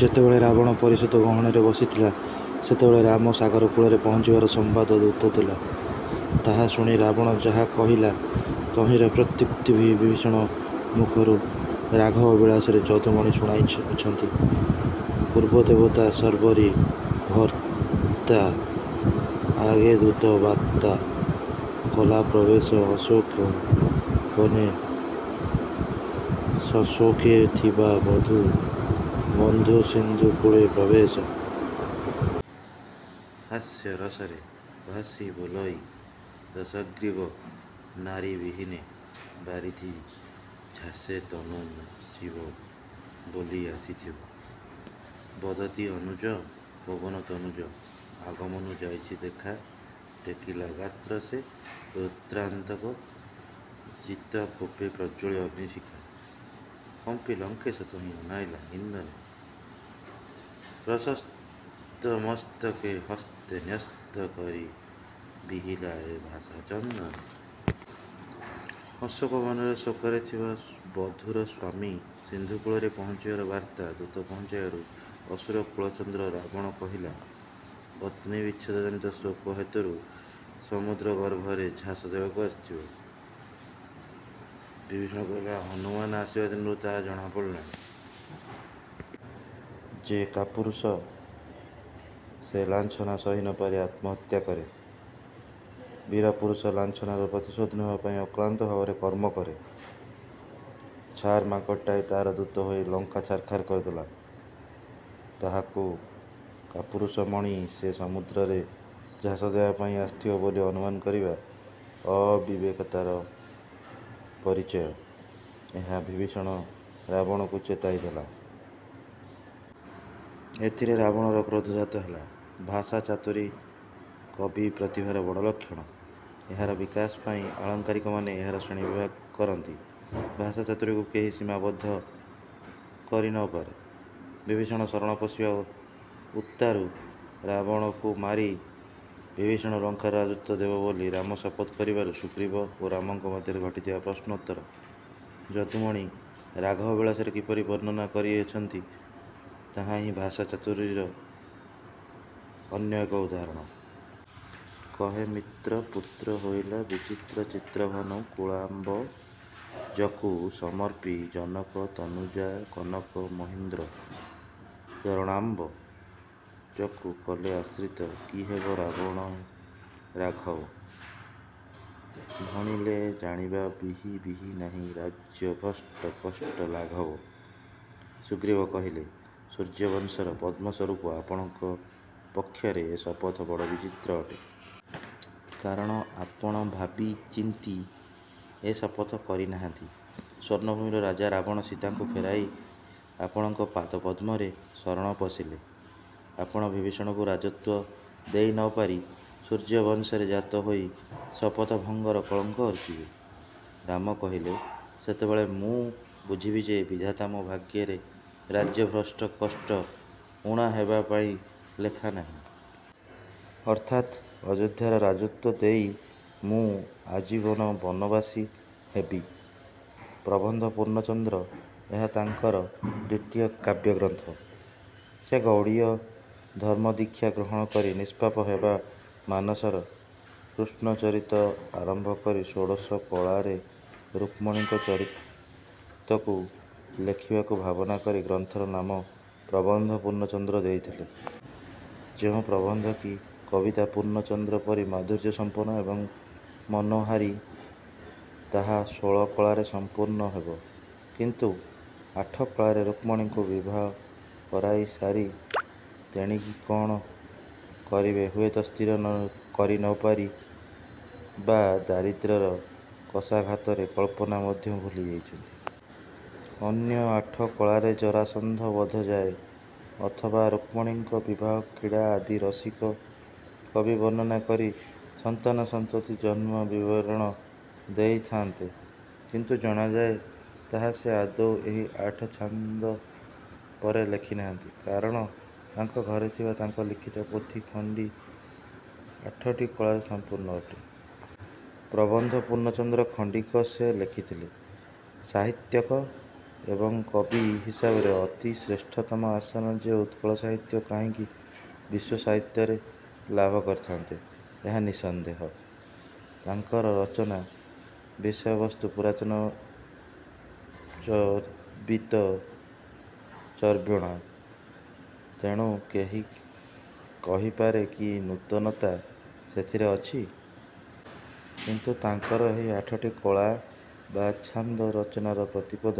ଯେତେବେଳେ ରାବଣ ପାରିଷଦଗହଣରେ ବସିଥିଲା ସେତେବେଳେ ରାମ ସାଗରକୂଳରେ ପହଞ୍ଚିବାର ସମ୍ବାଦ ଦୂତ ଦେଲା। ତାହା ଶୁଣି ରାବଣ ଯାହା କହିଲା ତହିଁର ପ୍ରତ୍ୟୁକ୍ତି ବିଭୀଷଣ ମୁଖରୁ ''ରାଘବ ବିଳାସ" ରେ ଯଦୁମଣି ଶୁଣାଇଅଛନ୍ତି- ପୂର୍ବ ଦେବତା ଶର୍ବରୀ ଭର୍ତ୍ତା ଆଗେ ଦୂତ ବାତ୍ତା କଲା ପ୍ରବେଶ ଅଶୋକ ବନେ ସଶୋକେ ଥିବା ବଧୂ− ବନ୍ଧୁ ସିନ୍ଧୁ କୂଳେ ପ୍ରବେଶ। ହାସ୍ୟ ରସରେ - ଭାସି ବୋଲଇ ଦଶଗ୍ରୀବ ନାରୀ ବିହୀନେ ବାରିଧି−ଝାସେ ତନୁ ନାଶିବ ବୋଲି ଆସିଥିବ। ବଦତି ଅନୁଜ ପବନ ତନୁଜ ଆଗମନୁ ଯାଇଛି ଦେଖା ଟେକିଲା ଗାତ୍ର ସେ ଗୋତ୍ରାନ୍ତକ ଜିତ କୋପେ ପ୍ରଜ୍ୱଳି ଅଗ୍ନିଶିଖା। କମ୍ପି ଲଙ୍କେଶ ତହି ଅନାଇଲା ନିନ୍ଦନେ ପ୍ରଶସ୍ତ ମସ୍ତକେ ହସ୍ତେ ନ୍ୟସ୍ତ କରି ବିହିଲା ଏ ଭାଷା ଚନ୍ଦନେ। ଅଶୋକ ବନରେ ଶୋକରେ ଥିବା ବଧୂର ସ୍ୱାମୀ ସିନ୍ଧୁକୂଳରେ ପହଞ୍ଚିବାର ବାର୍ତ୍ତା ଦୁତ ପହଞ୍ଚାଇବାରୁ ଅସୁର କୁଳଚନ୍ଦ୍ର ରାବଣ କହିଲା, 'ପତ୍ନୀ ବିଚ୍ଛେଦଜନିତ ଶୋକ ହେତୁରୁ ସମୁଦ୍ର ଗର୍ଭରେ ଝାସ ଦେବାକୁ ଆସିଥିବ। ' ବିଭୀଷଣ କହିଲା ''ହନୁମାନ ଆସିବା ଦିନରୁ ତାହା ଜଣା ପଡ଼ିଲାଣି। " ଯେ କାପୁରୁଷ, ସେ ଲାଞ୍ଛନା ସହି ନ ପାରି ଆତ୍ମହତ୍ୟା କରେ। ବୀର ପୁରୁଷ ଲାଞ୍ଛନାର ପ୍ରତିଶୋଧ ନେବାପାଇଁ ଅକ୍ଲାନ୍ତ ଭାବରେ କର୍ମ କରେ। ଛାର ମାଙ୍କଡ଼ଟାଏ ଯାହାର ଦୂତ ହୋଇ ଲଙ୍କା ଛାରଖାର କରିଦେଲା, ତାହାକୁ କାପୁରୁଷ ମଣି ସେ ସମୁଦ୍ରରେ ଝାସ ଦେବା ପାଇଁ ଆସିଥିବ ବୋଲି ଅନୁମାନ କରିବା ଅବିବେକିତାର ପରିଚୟ-ଏହା ବିଭୀଷଣ ରାବଣକୁ ଚେତାଇ ଦେଲା। ଏଥିରେ ରାବଣର କ୍ରୋଧ ଜାତ ହେଲା। ଭାଷା ଚାତୁରୀ କବି ପ୍ରତିଭାର ବଡ଼ ଲକ୍ଷଣ। ଏହାର ବିକାଶ ପାଇଁ ଆଳଙ୍କାରିକମାନେ ଏହାର ଶ୍ରେଣୀ ବିଭାଗ କରନ୍ତି। ଭାଷା ଚାତୁରୀକୁ କେହି ସୀମାବଦ୍ଧ କରି ନ ପାରେ। ବିଭୀଷଣ ଶରଣ ପଶିବା ଉତ୍ତାରୁ ରାବଣକୁ ମାରି ବିଭୀଷଣକୁ ଲଙ୍କାର ରାଜତ୍ୱ ଦେବେ ବୋଲି ରାମ ଶପଥ କରିବାରୁ ସୁଗ୍ରୀବ ଓ ରାମଙ୍କ ମଧ୍ୟରେ ଘଟିଥିବା ପ୍ରଶ୍ନୋତ୍ତର ଯଦୁମଣି 'ରାଘବ ବିଳାସ'ରେ କିପରି ବର୍ଣ୍ଣନା କରି ଅଛନ୍ତି, ତାହାହିଁ ଭାଷା ଚାତୁରୀର ଅନ୍ୟ ଏକ ଉଦାହରଣ। କହେ ମିତ୍ର ପୁତ୍ର ହୋଇଲା ବିଚିତ୍ର ଚିତ୍ରଭାନୁ କୁଳାମ୍ବ ଜକୁ ସମର୍ପି ଜନକ−ତନୁଜା କନକ− ମହୀନ୍ଦ୍ର ଚରଣାମ୍ବ ଜକୁ କଲେ ଆଶ୍ରିତ କି ହେବ ଶ୍ରବଣେ ରାଘବ, ଭଣିଲେ ଜାଣିବା ବିହି ବିହି ନାହିଁ ରାଜ୍ୟ ଭ୍ରଷ୍ଟ କଷ୍ଟ ଲାଘବ। ସୁଗ୍ରୀବ କହିଲେ- ''ସୂର୍ଯ୍ୟବଂଶର ପଦ୍ମସ୍ୱରୁପ ଆପଣଙ୍କ ପକ୍ଷରେ ଏ ଶପଥ ବଡ଼ ବିଚିତ୍ର ଅଟେ। କାରଣ ଆପଣ ଭାବି ଚିନ୍ତି ଏ ଶପଥ କରିନାହାନ୍ତି। ସ୍ୱର୍ଣ୍ଣଭୂମିର ରାଜା ରାବଣ ସୀତଙ୍କୁ ଫେରାଇ ଆପଣଙ୍କ ପାଦପଦ୍ମରେ ଶରଣ ପଶିଲେ ଆପଣ ବିଭୀଷଣକୁ ରାଜତ୍ୱ ଦେଇ ନ ପାରି ସୂର୍ଯ୍ୟବଂଶରେ ଜାତ ହୋଇ ଶପଥ−ଭଙ୍ଗର କଳଙ୍କ ଅର୍ଜିବେ। "ରାମ କହିଲେ, ''ସେତେବେଳେ ମୁଁ ବୁଝିବି ଯେ, ବିଧାତା ମୋ ଭାଗ୍ୟରେ ରାଜ୍ୟଭ୍ରଷ୍ଟ−କଷ୍ଟ ଊଣା ହେବା ପାଇଁ ଲେଖିନାହିଁ। ଅର୍ଥାତ୍ ଅଯୋଧ୍ୟାର ରାଜତ୍ୱ ଦେଇ ମୁଁ ଆଜୀବନ ବନବାସୀ ହେବି। " ପ୍ରବନ୍ଧ ପୂର୍ଣ୍ଣଚନ୍ଦ୍ର ଏହା ତାଙ୍କର ଦ୍ୱିତୀୟ କାବ୍ୟଗ୍ରନ୍ଥ। ସେ ଗୌଡ଼ୀୟ ଧର୍ମ୍ମଦୀକ୍ଷା ଗ୍ରହଣ କରି ନିଷ୍ପାପ ହେବା ମାନସରେ କୃଷ୍ଣ ଚରିତ ଆରମ୍ଭ କରି ଷୋଡ଼ଶ କଳାରେ ଋକ୍ମିଣୀଙ୍କ ଚରିତକୁ ଲେଖିବାକୁ ଭାବନା କରି ଗ୍ରନ୍ଥର ନାମ ପ୍ରବନ୍ଧ ପୂର୍ଣ୍ଣଚନ୍ଦ୍ର ଦେଇଥିଲେ। ଯେଉଁ ପ୍ରବନ୍ଧ କି କବିତା ପୂର୍ଣ୍ଣଚନ୍ଦ୍ର ପରି ମାଧୁର୍ଯ୍ୟସମ୍ପନ୍ନ ଏବଂ ମନୋହାରୀ, ତାହା ଷୋଳ କଳାରେ ସଂପୂର୍ଣ୍ଣ ହେବ। କିନ୍ତୁ ଆଠ କଳାରେ ରୁକ୍ମଣୀଙ୍କୁ ବିବାହ କରାଇ ସାରି ତେଣିକି କଣ କରିବେ ହୁଏତ ସ୍ଥିର କରି ନ ପାରି ବା ଦାରିଦ୍ର୍ୟର କଷାଘାତରେ କଳ୍ପନା ମଧ୍ୟ ଭୁଲି ଯାଇଛନ୍ତି। ଅନ୍ୟ ଆଠ କଳାରେ ଜରାସନ୍ଧ ବଧଯାଏ ଅଥବା ରୁକ୍ମଣୀଙ୍କ ବିହାର କ୍ରୀଡ଼ା ଆଦି ରସିକ କବି ବର୍ଣ୍ଣନା କରି ସନ୍ତାନସନ୍ତତି ଜନ୍ମ ବିବରଣ ଦେଇଥାନ୍ତେ-। କିନ୍ତୁ ଜଣାଯାଏ ତାହା ସେ ଆଦୌ ଏହି ଆଠ ଛାନ୍ଦ ପରେ ଲେଖି ନାହାନ୍ତି। କାରଣ ତାଙ୍କ ଘରେ ଥିବା ତାଙ୍କ ଲିଖିତ ପୋଥି ଖଣ୍ଡି ଆଠଟି କଳାରେ ସଂପୂର୍ଣ୍ଣ ଅଟେ। ପ୍ରବନ୍ଧ ପୂର୍ଣ୍ଣଚନ୍ଦ୍ର ଖଣ୍ଡିକ ସେ ଲେଖିଥିଲେ, ସାହିତ୍ୟକ ଏବଂ କବି ହିସାବରେ ଅତି ଶ୍ରେଷ୍ଠତମ ଆସନ ଯେ ଉତ୍କଳ ସାହିତ୍ୟ କାହିଁକି ବିଶ୍ୱ ସାହିତ୍ୟରେ ଲାଭ କରିଥାନ୍ତେ, ଏହା ନିଃସନ୍ଦେହ। ତାଙ୍କର ରଚନାର ବିଷୟବସ୍ତୁ ପୁରାତନ ଚର୍ବିତ ଚର୍ବିଣ। ତେଣୁ କେହି କହିପାରେ କି ନୂତନତା ସେଥିରେ ଅଛି? କିନ୍ତୁ ତାଙ୍କର ଏହି ଆଠଟି କଳା ବା ଛାନ୍ଦ ରଚନାର ପ୍ରତିପଦ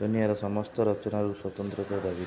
ଦୁନିଆର ସମସ୍ତ ରଚନାରୁ ସ୍ୱତନ୍ତ୍ରତା ଦାବି କରେ।